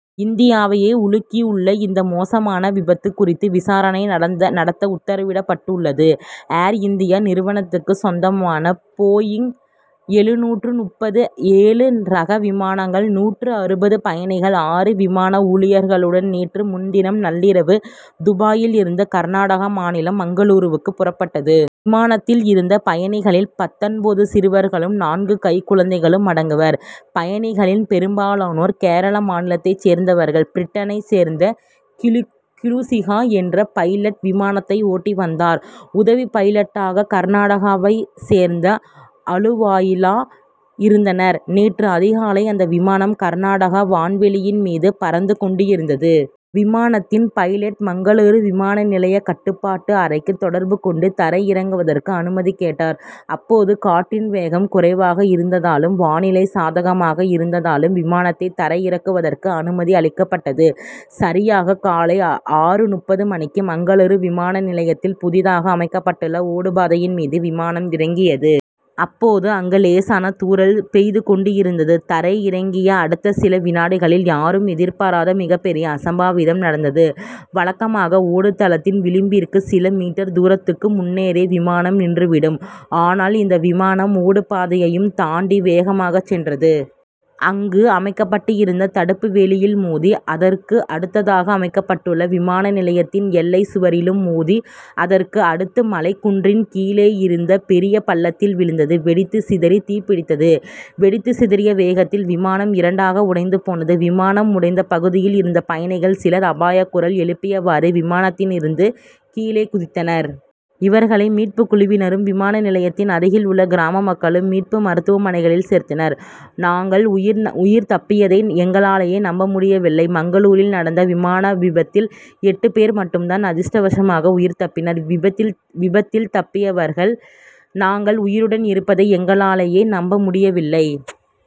இந்தியாவையே உலுக்கியுள்ள இந்த மோசமான விபத்து குறித்து விசாரணை நடத்த உத்தரவிடப்பட்டுள்ளது. ஏர் இந்தியா நிறுவனத்துக்கு சொந்தமான போயிங் எழுநூற்று முப்பத்து ஏழு ரக விமானம் நூற்று அறுபது பயணிகள் ஆறு விமான ஊழியர்களுடன் நேற்று முன்தினம் நள்ளிரவு துபாயில் இருந்து கர்நாடக மாநிலம் மங்களூருவுக்கு புறப்பட்டது. விமானத்தில் இருந்த பயணிகளில் பத்தொன்பது சிறுவர்களும் நான்கு கைக்குழந்தைகளும் அடங்குவர். பயணிகளில் பெரும்பாலானோர் கேரள மாநிலத்தைச் சேர்ந்தவர்கள். பிரிட்டனைச் சேர்ந்த க்ளூசிகா என்ற பைலட் விமானத்தை ஓட்டி வந்தார். உதவி பைலட்டாக கர்நாடகாவைச் சேர்ந்த அலுவாலியா இருந்தார். நேற்று அதிகாலை அந்த விமானம் கர்நாடகா வான்வெளியின் மீது பறந்து கொண்டிருந்தது. விமானத்தின் பைலட் மங்களூரு விமான நிலைய கட்டுப்பாட்டு அறைக்கு தொடர்பு கொண்டு தரை இறங்குவதற்கு அனுமதி கேட்டார். அப்போது காற்றின் வேகம் குறைவாக இருந்ததாலும் வானிலை சாதகமாக இருந்ததாலும் விமானத்தை தரை இறக்குவதற்கு அனுமதி அளிக்கப்பட்டது. சரியாக காலை ஆறு முப்பது மணிக்கு மங்களூரு விமான நிலையத்தில் புதிதாக அமைக்கப்பட்டுள்ள ஓடுபாதையின் மீது விமானம் இறங்கியது. அப்போது அங்கு லேசான தூறல் பெய்து கொண்டிருந்தது. தரை இறங்கிய அடுத்த சில வினாடிகளில் யாரும் எதிர்பாராத மிகப் பெரிய அசம்பாவிதம் நடந்தது. வழக்கமாக ஓடுதளத்தின் விளிம்பிற்கு சில மீட்டர் தூரத்துக்கு முன்னரே விமானம் நின்று விடும். ஆனால் இந்த விமானம் ஓடுபாதையையும் தாண்டி வேகமாகச் சென்றது. அங்கு அமைக்கப்பட்டிருந்த தடுப்பு வேலியில் மோதி அதற்கு அடுத்ததாக அமைக்கப்பட்டுள்ள விமான நிலையத்தின் எல்லைச் சுவரிலும் மோதி அதற்கு அடுத்து மலைக் குன்றின் கீழே இருந்த பெரிய பள்ளத்தில் விழுந்து வெடித்துச் சிதறி தீப்பிடித்தது. வெடித்துச் சிதறிய வேகத்தில் விமானம் இரண்டாக உடைந்து போனது. விமானம் உடைந்த பகுதியில் இருந்த பயணிகள் சிலர் அபயக் குரல் எழுப்பியவாறு விமானத்தில் இருந்து கீழே குதித்தனர். இவர்களை மீட்புக் குழுவினரும் விமான நிலையத்தின் அருகில் உள்ள கிராம மக்களும் மீட்டு மருத்துவமனைகளில் சேர்த்தனர். நாங்கள் உயிர் தப்பியதை எங்களாலேயே நம்ப முடியவில்லை. மங்களூரில் நடந்த விமான விபத்தில் எட்டு பேர் மட்டும் அதிர்ஷ்டவசமாக உயிர் தப்பினர். விபத்தில் தப்பியவர்கள் நாங்கள் உயிருடன் இருப்பதை எங்களாலேயே நம்ப முடியவில்லை.